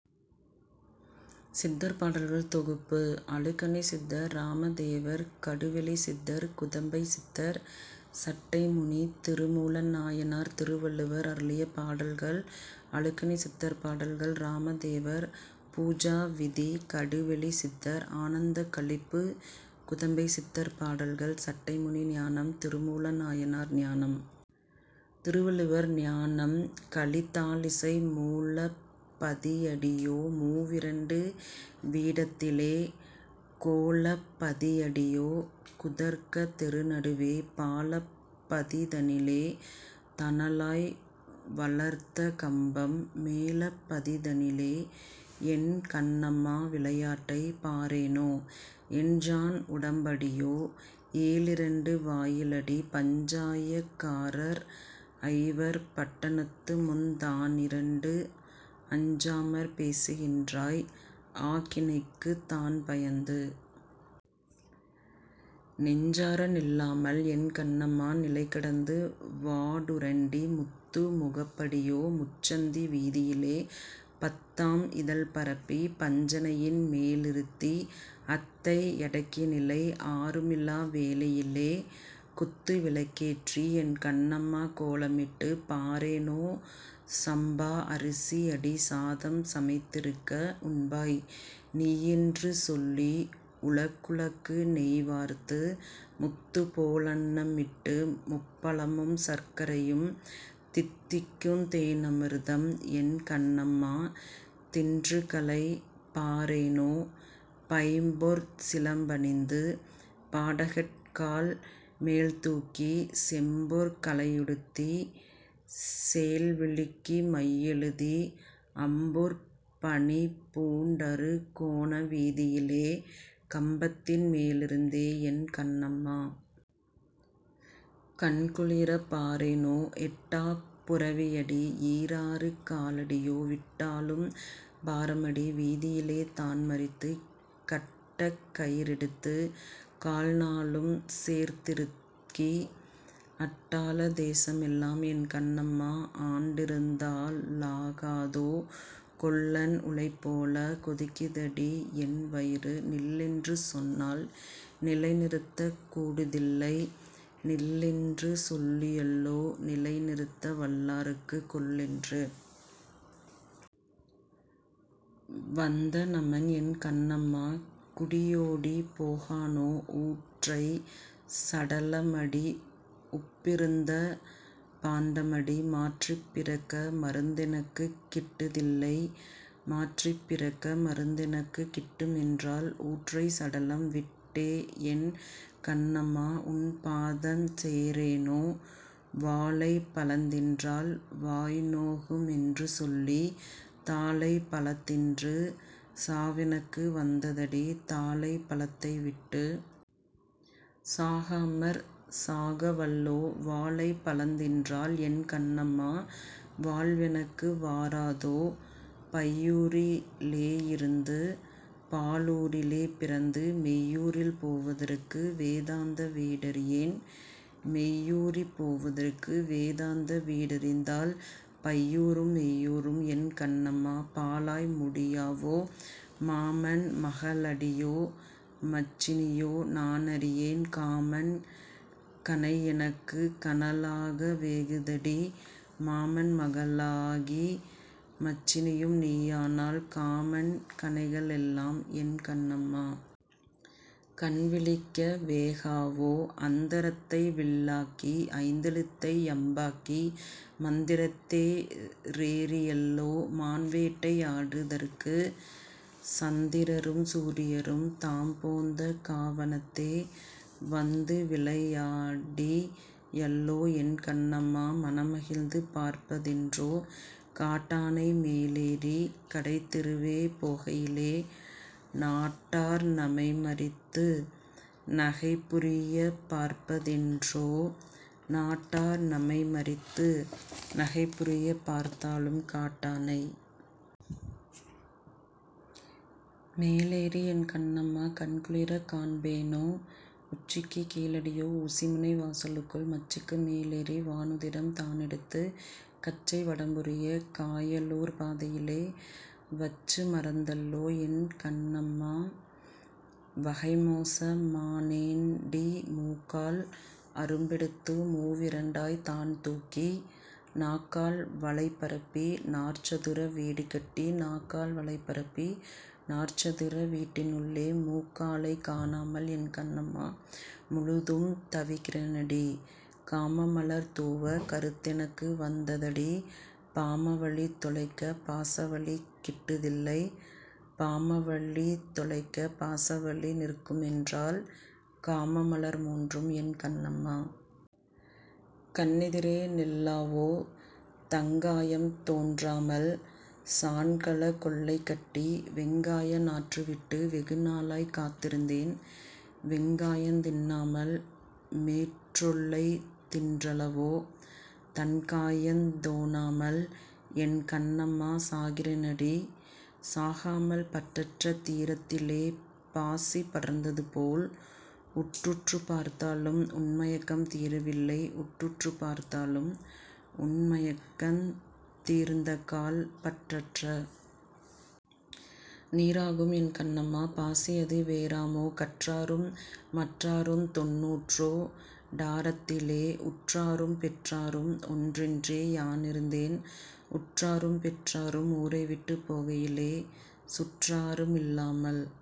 சித்தர் பாடல்கள் தொகுப்பு அழுகணிச் சித்தர் இராமதேவர் கடுவெளிச் சித்தர் குதம்பைச் சித்தர் சட்டைமுனி திருமூல நாயனார் திருவள்ளுவர் அருளிய பாடல்கள் அழுகணிச் சித்தர் பாடல்கள் இராமதேவர் பூஜாவிதி கடுவெளிச் சித்தர் ஆனந்தக் களிப்பு குதம்பைச் சித்தர் பாடல்கள் சட்டைமுனி ஞானம் திருமூல நாயனார் ஞானம் திருவள்ளுவர் ஞானம் கலித்தாழிசை மூலப் பதியடியோ மூவிரண்டு வீடதிலே கோலப் பதியடியோ குதர்க்கத் தெருநடுவே பாலப் பதிதனிலே தணலாய் வளர்த்தகம்பம் மேலப் பதிதனிலே என் கண்ணம்மா விளையாட்டைப் பாரேனோ எண்சாண் உடம்படியோ ஏழிரண்டு வாயிலடி பஞ்சாயக் காரர்ஐவர் பட்டணமுந் தானிரண்டு அஞ்சாமற் பேசுகின்றாய் ஆக்கினைக்குத் தான்பயந்து நெஞ்சார நில்லாமல் என் கண்ணம்மா நிலைகடந்து வாடுறண்டி முத்து முகப்படியோ முச்சந்தி வீதியிலே பத்தாம் இதழ்பரப்பிப் பஞ்சணையின் மேலிருத்தி அத்தை யடக்கிநிலை ஆருமில்லா வேளையிலே குத்து விளக்கேற்றி என் கண்ணம்மா கோலமிட்டுப் பாரேனோ சம்பா அரிசியடி சாதம் சமைத்திருக்க உண்பாய் நீயென்று சொல்லி உழக்குழக்கு நெய்வார்த்து முத்துப் போலன்னமிட்டு முப்பழமும் சர்க்கரையும் தித்திக்குந் தேனாமிர்தம் என் கண்ணம்மா தின்றுகளைப் பாரேனோ பைம்பொற் சிலம்பணிந்து பாடகக்கால் மேல்தூக்கிச் செம்பொற் கலையுடுத்திச் சேல்விழிக்கு மையெழுதி அம்பொற் பணிபூண் டறுகோண வீதியிலே கம்பத்தின் மேலிருந்தே என் கண்ணம்மா! கண்குளிரப் பாரேனோ! எட்டாப் புரவியடி யீராறு காலடியோ விட்டாலும் பாரமடி வீதியிலே தான்மறித்துக் கட்டக் கயிறெடுத்துக் கால்நாலும் சேர்த்திறுக்கி அட்டாள தேசமெல்லாம் என் கண்ணம்மா ஆண்டிருந்தா லாகாதோ கொல்லன் உலைபோலக் கொதிக்குதடி யென்வயிறு நில்லென்று சொன்னால் நிலைநிறுத்தக் கூடுதில்லை நில்லென்று சொல்லியல்லோ நிலைநிறுத்த வல்லார்க்குக் கொல்லென்று வந்தநமன் என் கண்ணம்மா குடியோடிப் போகானோ ஊற்றைச் சடலமடி உப்பிருந்த பாண்டமடி மாற்றிப் பிறக்க மருந்தெனக்குக் கிட்டுதில்லை மாற்றிப் பிறக்க மருந்தெனக்கு கிட்டுமென்றால் ஊற்றைச் சடலம் விட்டேஎன் கண்ணம்மா உன்பாதஞ் சேரேனோ வாழைப் பழந்தின்றால் வாய்நோகு மென்றுசொல்லித் தாழைப் பழத்தின்று சாவெனக்கு வந்ததடி தாழைப் பழத்தைவிட்டுச் சாகாமற் சாகவல்லோ வாழைப் பழந்தின்றால் என் கண்ணம்மா வாழ்வெனக்கு வாராதோ பையூரி லேயிருந்து பாழூரிலே பிறந்து மெய்யூரில் போவதற்கு வேதாந்த வீடறியேன் மெய்யூரிற் போவதற்கு வேதாந்த வீடறிந்தால் பையூரும் மெய்யூரும் என் கண்ணம்மா பாழாய் முடியாவோ மாமன் மகளடியோ மச்சினியோ நானறியேன் காமன் கணையெனக்குக் கனலாக வேகுதடி மாமன் மகளாகி மச்சினியும் நீயானால் காமன் கணைகளெல்லாம் என் கண்ணம்மா! கண்விழிக்க வேகாவோ அந்தரத்தை வில்லாக்கி ஐந்தெழுத்தை யம்பாக்கி மந்திரத்தே ரேறியல்லோ மான்வேட்டை யாடுதற்குச் சந்திரரும் சூரியரும் தாம்போந்த காவனத்தே வந்துவிளை யாடியல்லோ என் கண்ணம்மா மனமகிழ்ந்து பார்ப்பதென்றோ! காட்டானை மேலேறிக் கடைத்தெருவே போகையிலே நாட்டார் நமைமறித்து நகைபுரியப் பார்ப்பதென்றோ நாட்டார் நமைமறித்து நகைபுரியப் பார்த்தாலும் காட்டானை மேலேறி என் கண்ணம்மா கண்குளிரக் காண்பேனோ உச்சிக்குக் கீழடியோ ஊசிமுனை வாசலுக்குள் மச்சுக்கு மேலேறி வானுதிரம் தானேடுத்துக் கச்சை வடம்புரியக் காயலூர்ப் பாதையிலே வச்சு மறந்தல்லோ என் கண்ணம்மா வகைமோச மானேண்டி மூக்கால் அரும்பெடுத்து மூவிரண்டாய்த் தான்தூக்கி நாக்கால் வளைபரப்பி நாற்சதுர வீடுகட்டி நாக்கால் வலைபரப்பி நாற்சதுர வீட்டினுள்ளே மூக்காலைக் காணாமல் என் கண்ணம்மா முழுதும் தவிக்கிறண்டி காமமலர் தூவக் கருத்தெனக்கு வந்ததடி பாமவலி தொலைக்கப் பாசவலி கிட்டுதில்லை பாமவலி தொலைக்கப் பாசவலி நிற்குமென்றால் காமமலர் மூன்றும் என் கண்ணம்மா! கண்ணெதிரே நில்லாவோ! தங்காயம் தோன்றாமல் சாண்கலக் கொல்லைகட்டி வெங்காய நாற்றுவிட்டு வெகுநாளாய்க் காத்திருந்தேன் வெங்காயந் தின்னாமல் மேற்றொல்லைத் தின்றலவோ தங்காயந் தோணாமல் என் கண்ணம்மா சாகிறண்டி சாகாமல் பற்றற்ற நீரதிலே பாசி படர்ந்ததுபோல் உற்றுற்றுப் பார்த்தாலும் உன்மயக்கம் தீரவில்லை உற்றுற்றுப் பார்த்தாலும் உன்மயக்கந் தீர்ந்தக்கால் பற்றற்ற நீராகும் என் கண்ணம்மா பாசியது வேறாமோ கற்றாரும் மற்றாருந் தொண்ணூற்றோ டாறதிலே உற்றாரும் பெற்றாரும் ஒன்றென்றே யானிருந்தேன் உற்றாரும் பெற்றாரும் ஊரைவிட்டுப் போகையிலே சுற்றாரு மில்லாமல்